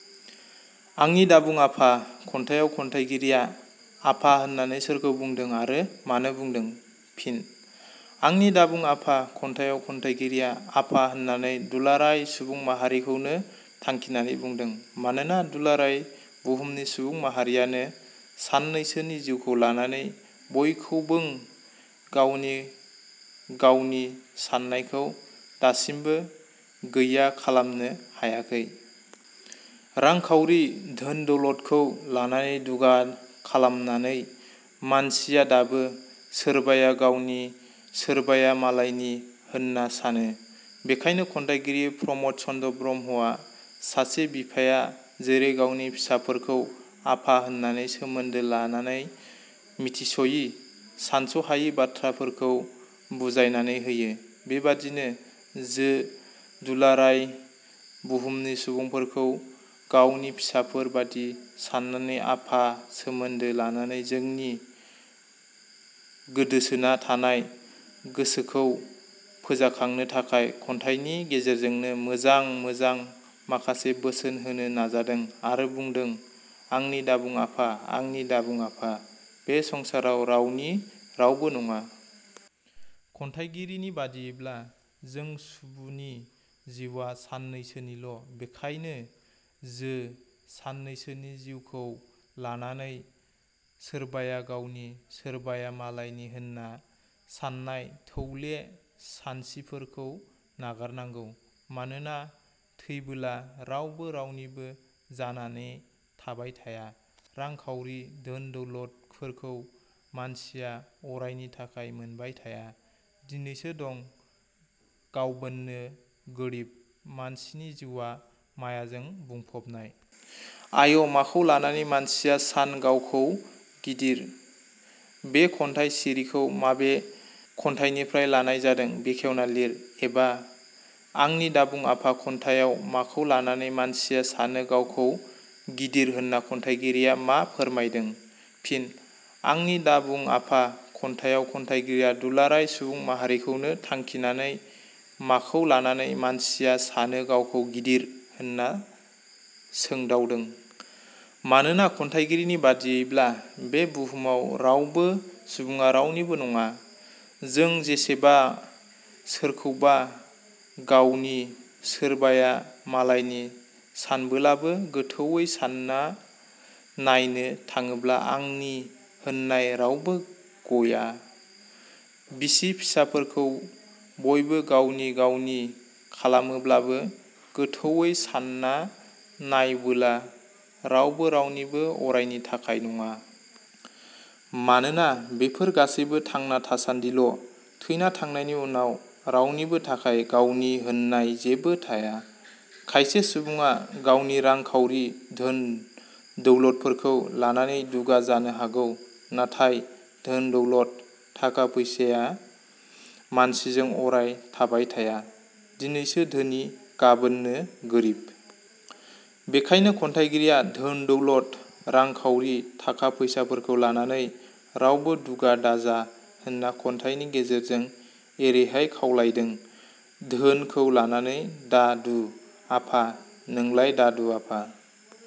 'आंनि दाबुं आफा' खन्थाइयाव खन्थाइगिरिया' आफा' होननानै सोरखौ बुंदों आरो मानो बुंदों? फिनः 'आंनि दाबुं आफा' खन्थाइयाव खन्थाइगिरिया 'आफा' होननानै दुलाराय सुबुं माहारिखौनो थांखिनानै बुंदों। मानोना दुलाराय बहुमनि सुबुं माहारियानो साननैसोनि जिउखौ लानानै बयखौबों गावनि गावनि साननायखौ दासिमबो गैया खालामनो हायाखै। रां-खावरि, धोन-दौलदखौ लानानै दुगा खालामनानै मानसिया दाबो सोरबाया गावनि सोरबाया मालायनि होनना सानो। बेखायनो खन्थाइगिरि प्रमद चन्द्र ब्रह्मआ सासे बिफाया जेरै गावनि फिसाफोरखौ आफा होननानै सोमोन्दो लानानै मिथिस'यि सानस'हायि बाथ्राफोरखौ बुजायनानै होयो, बेबादिनो जो दुलाराय बहुमनि सुबुंफोरखौ गावनि फिसाफोर बादि साननानै आफा सोमोन्दो लानानै जोंनि गोदोसोना थानाय गोसोखौ फोजाखांनो थाखाय खन्थाइनि गेजेरजों मोजां मोजां माखासे बोसोन होनो नाजादों आरो बुंदों- आंनि दाबुं आफा आंनि दाबुं आफा बे संसाराव रावनि रावबो नङा। खन्थाइगिरिनि बादियैब्ला जों सुबुनि जिउवा साननैसोनिल'। बेखायनो जो साननैसोनि जिउखौ लानानै सोरबाया गावनि सोरबाया मालायनि होनना साननाय थौले सानसिफोरखौ नागारनांगौ। मानोना थैबोला रावबो रावनिबो जानाने थाबाय थाया। रां-खावरि, धोन-दौलदफोरखौ मानसिया अरायनि थाखाय मोनबाय थाया, दिनैसो दं गावबोननो गोरिब, मानसिनि जिउवा मायाजों बुंफबनाय। "आय' माखौ लानानै मानसिया सान गावखौ गिदिर"-बे खन्थाइ सिरिखौ माबे खन्थाइनिफ्राय लानाय जादों बेखेवना लिर। "एबा" 'आंनि दाबुं आफा' खन्थाइयाव माखौ लानानै मानसिया सानो गावखौ गिदिर होनना खन्थाइगिरिया मा फोरमायदों? फिन: 'आंनि दा बुं आफा' खन्थाइयाव खन्थाइगिरिया दुलाराय सुबुं माहारिखौनो थांखिनानै 'माखौ लानानै मानसिया सानो गावखौ गिदिर' होनना सोंदावदों। मानोना, खन्थाइगिरिनि बादियैब्ला बे बुहुमाव रावबो सुबुडा रावनिबो नङा। जों जेसेबा सोरखौबा गावनि सोरबाया मालायनि सानबोलाबो गोथौवै सानना नायनो थाङोब्ला आंनि होननाय रावबो गया। बिसि-फिसाफोरखौ बयबो गावनि गावनि खालामोब्लाबो गोथौवै सानना नायबोला रावबो रावनिबो अरायनि थाखाय नङा। मानोना बेफोर गासैबो थांना थासानदिल'। थैना थांनायनि उनाव रावनिबो थाखाय गावनि होननाय जेबो थाया। खायसे सुबुङा गावनि रां खावरि धोन दौलदफोरखौ लानानै दुगा जानो हागौ। नाथाय धोन-दौलद, थाखा- फैसाया मानसिजों अराय थाबाय थाया, दिनैसो धोनि गाबोननो गोरिब। बेखायनो खन्थाइगिरिया धोन दौलद रां-खावरि थाखा फैसाफोरखौ लानानै रावबो दुगा दा जा होनना खन्थाइनि गेजेरजों एरैहाय खावलायदों- दोहोनखौ लानानै दा दु आफा- नोंलाय दादु आफा।